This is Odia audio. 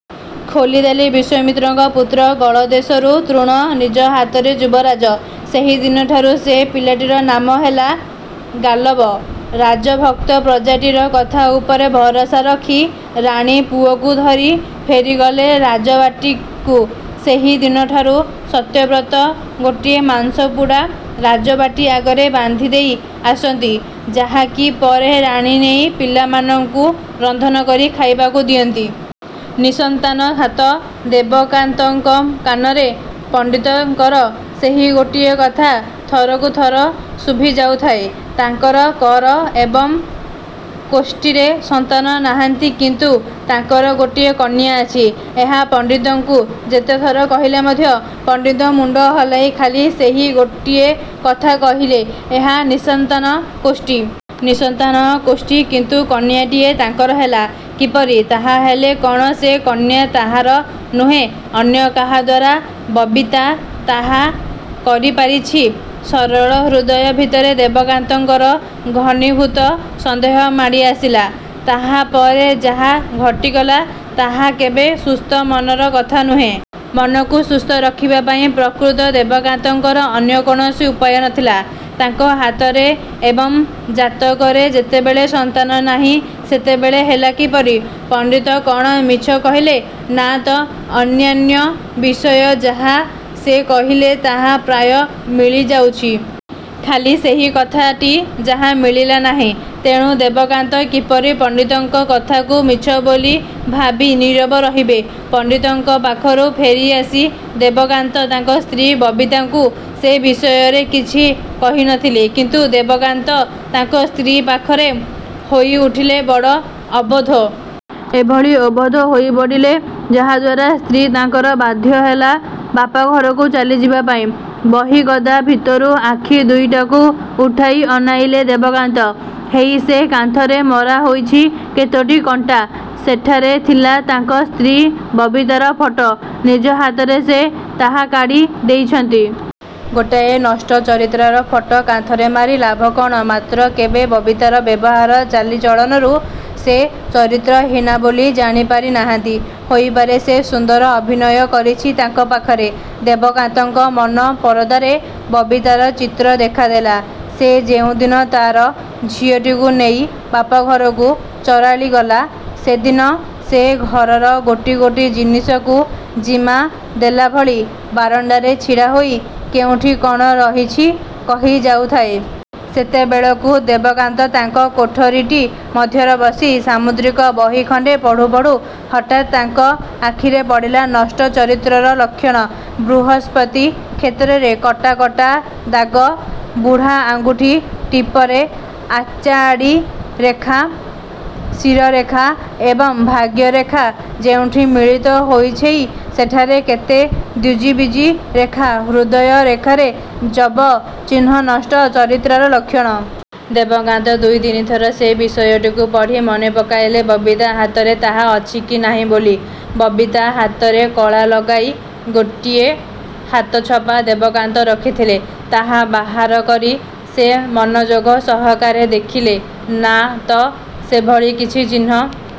ଖୋଲିଦେଲେ ବିଶ୍ୱାମିତ୍ରଙ୍କ ପୁତ୍ରର ଗଳଦେଶରୁ ତୃଣ ନିଜ ହାତରେ ଯୁବରାଜ। ସେହିଦିନଠାରୁ ସେ ପିଲାଟିର ନାମ ହେଲା ଗାଲବ। ରାଜଭକ୍ତ ପ୍ରଜାଟିର କଥା ଉପରେ ଭରସା ରଖି ରାଣୀ ପୁଅକୁ ଧରି ଫେରିଗଲେ ରାଜବାଟିକୁ। ସେହିଦିନଠାରୁ ସତ୍ୟବ୍ରତ ଗୋଟିଏ ମାଂସପୁଡ଼ା ରାଜବାଟି ଆଗରେ ବାନ୍ଧିଦେଇ ଆସନ୍ତି; ଯାହାକି ପରେ ରାଣୀ ନେଇ ପିଲାମାନଙ୍କୁ ରନ୍ଧନକରି ଖାଇବାକୁ ଦିଅନ୍ତି। ନିସନ୍ତାନହାତ ଦେବକାନ୍ତଙ୍କ କାନରେ ପଣ୍ଡିତଙ୍କର ସେହି ଗୋଟିଏ କଥା ଥରକୁ ଥର ଶୁଭିଯାଉଥାଏ। ତାଙ୍କର କର ଏବଂ କୋଷ୍ଠିରେ ସନ୍ତାନ ନାହାନ୍ତି। କିନ୍ତୁ ତାଙ୍କର ଗୋଟିଏ କନ୍ୟା ଅଛି, ଏହା ପଣ୍ଡିତଙ୍କୁ ଯେତେଥର କହିଲେ ମଧ୍ୟ ପଣ୍ଡିତ ମୁଣ୍ଡ ହଲାଇ ଖାଲି ସେହି ଗୋଟିଏ କଥା କହିଲେ, ଏହା ନିଃସନ୍ତାନ କୋଷ୍ଠି। ନିଃସନ୍ତାନ କୋଷ୍ଠି କିନ୍ତୁ କନ୍ୟାଟିଏ ତାଙ୍କର ହେଲା କିପରି? ତାହାହେଲେ କ'ଣ ସେ କନ୍ୟା ତାଙ୍କର ନୁହେଁ ଅନ୍ୟ କାହାଦ୍ୱାରା ବବିତା ତାହା କରିପାରିଛି? ସରଳ ହୃଦୟ ଭିତରେ ଦେବକାନ୍ତଙ୍କର ଘନିଭୂତ ସନ୍ଦେହ ମାଡ଼ି ଆସିଲା। ତାହାପରେ ଯାହା ଘଟିଗଲା ତାହା କେବେ ସୁସ୍ଥ ମନର କଥା ନୁହେଁ। ମନକୁ ସୁସ୍ଥ ରଖିବାପାଇଁ ପ୍ରକୃତ ଦେବକାନ୍ତଙ୍କର ଅନ୍ୟ କୌଣସି ଉପାୟ ନଥିଲା। ତାଙ୍କ ହାତରେ ଏବଂ ଜାତକରେ ଯେତେବେଳେ ସନ୍ତାନ ନାହିଁ ସେତେବେଳେ ହେଲା କିପରି? ପଣ୍ଡିତ କ'ଣ ମିଛ କହିଲେ? ନା ତ। ଅନ୍ୟାନ୍ୟ ବିଷୟ ଯାହା ସେ କହିଲେ ତାହା ପ୍ରାୟ ମିଳିଯାଉଛି। ଖାଲି ସେହି କଥାଟି ଯାହା ମିଳିଲା ନାହିଁ। ତେଣୁ ଦେବକାନ୍ତ କିପରି ପଣ୍ଡିତଙ୍କ କଥାକୁ ମିଛ ବୋଲି ଭାବି ନୀରବ ରହିବେ? ପଣ୍ଡିତଙ୍କ ପାଖରୁ ଫେରିଆସି ଦେବକାନ୍ତ ତାଙ୍କ ସ୍ତ୍ରୀ ବବିତାଙ୍କୁ ସେ ବିଷୟରେ କିଛି କହିନଥିଲେ। କିନ୍ତୁ ଦେବକାନ୍ତ ତାଙ୍କ ସ୍ତ୍ରୀ ପାଖରେ ହୋଇ ଉଠିଲେ ବଡ଼ ଅବୋଧ୍ୟ। ଏଭଳି ଅବୋଧ୍ୟ ହୋଇପଡ଼ିଲେ ଯାଦ୍ୱାରା ସ୍ତ୍ରୀ ତାଙ୍କର ବାଧ୍ୟହେଲା ବାପଘରକୁ ଚାଲିଯିବା ପାଇଁ। ବହିଗଦା ଭିତରୁ ଆଖି ଦୁଇଟାକୁ ଉଠାଇ ଅନାଇଲେ ଦେବକାନ୍ତ। ହେଇ ସେ କାନ୍ଥରେ ମରା ହୋଇଛି କେତୋଟି କଣ୍ଟା। ସେଠାରେ ଥିଲା ତାଙ୍କ ସ୍ତ୍ରୀ ବବିତାର ଫଟ। ନିଜ ହାତରେ ସେ ତାହା କାଢ଼ି ଦେଇଛନ୍ତି। ଗୋଟାଏ ନଷ୍ଟ ଚରିତ୍ରାର ଫଟ କାନ୍ଥରେ ମାରି ଲାଭ କ'ଣ-? ମାତ୍ର କେବେ ବବିତାର ବ୍ୟବହାର ଚାଲି ଚଳନରୁ ସେ ଚରିତ୍ରହୀନା ବୋଲି ଜାଣିପାରି ନାହାନ୍ତି-। ହୋଇପାରେ ସେ ସୁନ୍ଦର ଅଭିନୟ କରିଛି ତାଙ୍କ ପାଖରେ। ଦେବକାନ୍ତଙ୍କ ମନ ପରଦାରେ ବବିତାର ଚିତ୍ର ଦେଖାଦେଲା। ସେ ଯେଉଁଦିନ ତା'ର ଝିଅଟିକୁ ନେଇ ବାପ ଘରକୁ ଚରଲିଗଲା ସେଦିନ ସେ ଘରର ଗୋଟି ଗୋଟି ଜିନିଷକୁ ଜିମା ଦେଲାଭଳି ବାରଣ୍ଡାରେ ଛିଡ଼ାହୋଇ କେଉଁଠି କ'ଣ ରହିଛି କହିଯାଉଥାଏ। ସେତେବେଳକୁ ଦେବକାନ୍ତ ତାଙ୍କ କୋଠରୀଟି ମଧ୍ୟର ବସି ସାମୁଦ୍ରିକ ବହି ଖଣ୍ଡେ ପଢ଼ୁ ପଢ଼ୁ ହଠାତ୍ ତାଙ୍କ ଆଖିରେ ପଡ଼ିଲା ନଷ୍ଟ ଚରିତ୍ରର ଲକ୍ଷଣ। ବୃହସ୍ପତି କ୍ଷେତ୍ରରେ କଟା କଟା ଦାଗ, ବୁଢ଼ା ଆଙ୍ଗୁଠି ଟିପରେ ଆଚାଆଡ଼ି ରେଖା, ଶିରରେଖା। ଏବଂ ଭାଗ୍ୟରେଖା ଯେଉଁଠି ମିଳିତ ହୋଇଛଇ ସେଠାରେ କେତେ ଦ୍ୱିଜିବିଜି ରେଖା, ହୃଦୟ ରେଖାରେ ଯବ ଚିହ୍ନ ନଷ୍ଟ ଚରିତ୍ରାର ଲକ୍ଷଣ। ଦେବକାନ୍ତ ଦୁଇ ତିନିଥର ସେ ବିଷୟଟିକୁ ପଢ଼ି ମନେ ପକାଇଲେ ବବିତା ହାତରେ ତାହା ଅଛି କି ନାହିଁ ବୋଲି ବବିତା ହାତରେ କଳା ଲଗାଇ ଗୋଟିଏ ହାତଛାପ ଦେବକାନ୍ତ ରଖିଥିଲେ ତାହା ବାହାରକରି ସେ ମନଯୋଗ ସହକାରେ ଦେଖିଲେ। ନା ତ-ସେଭଳି କିଛି ଚିହ୍ନ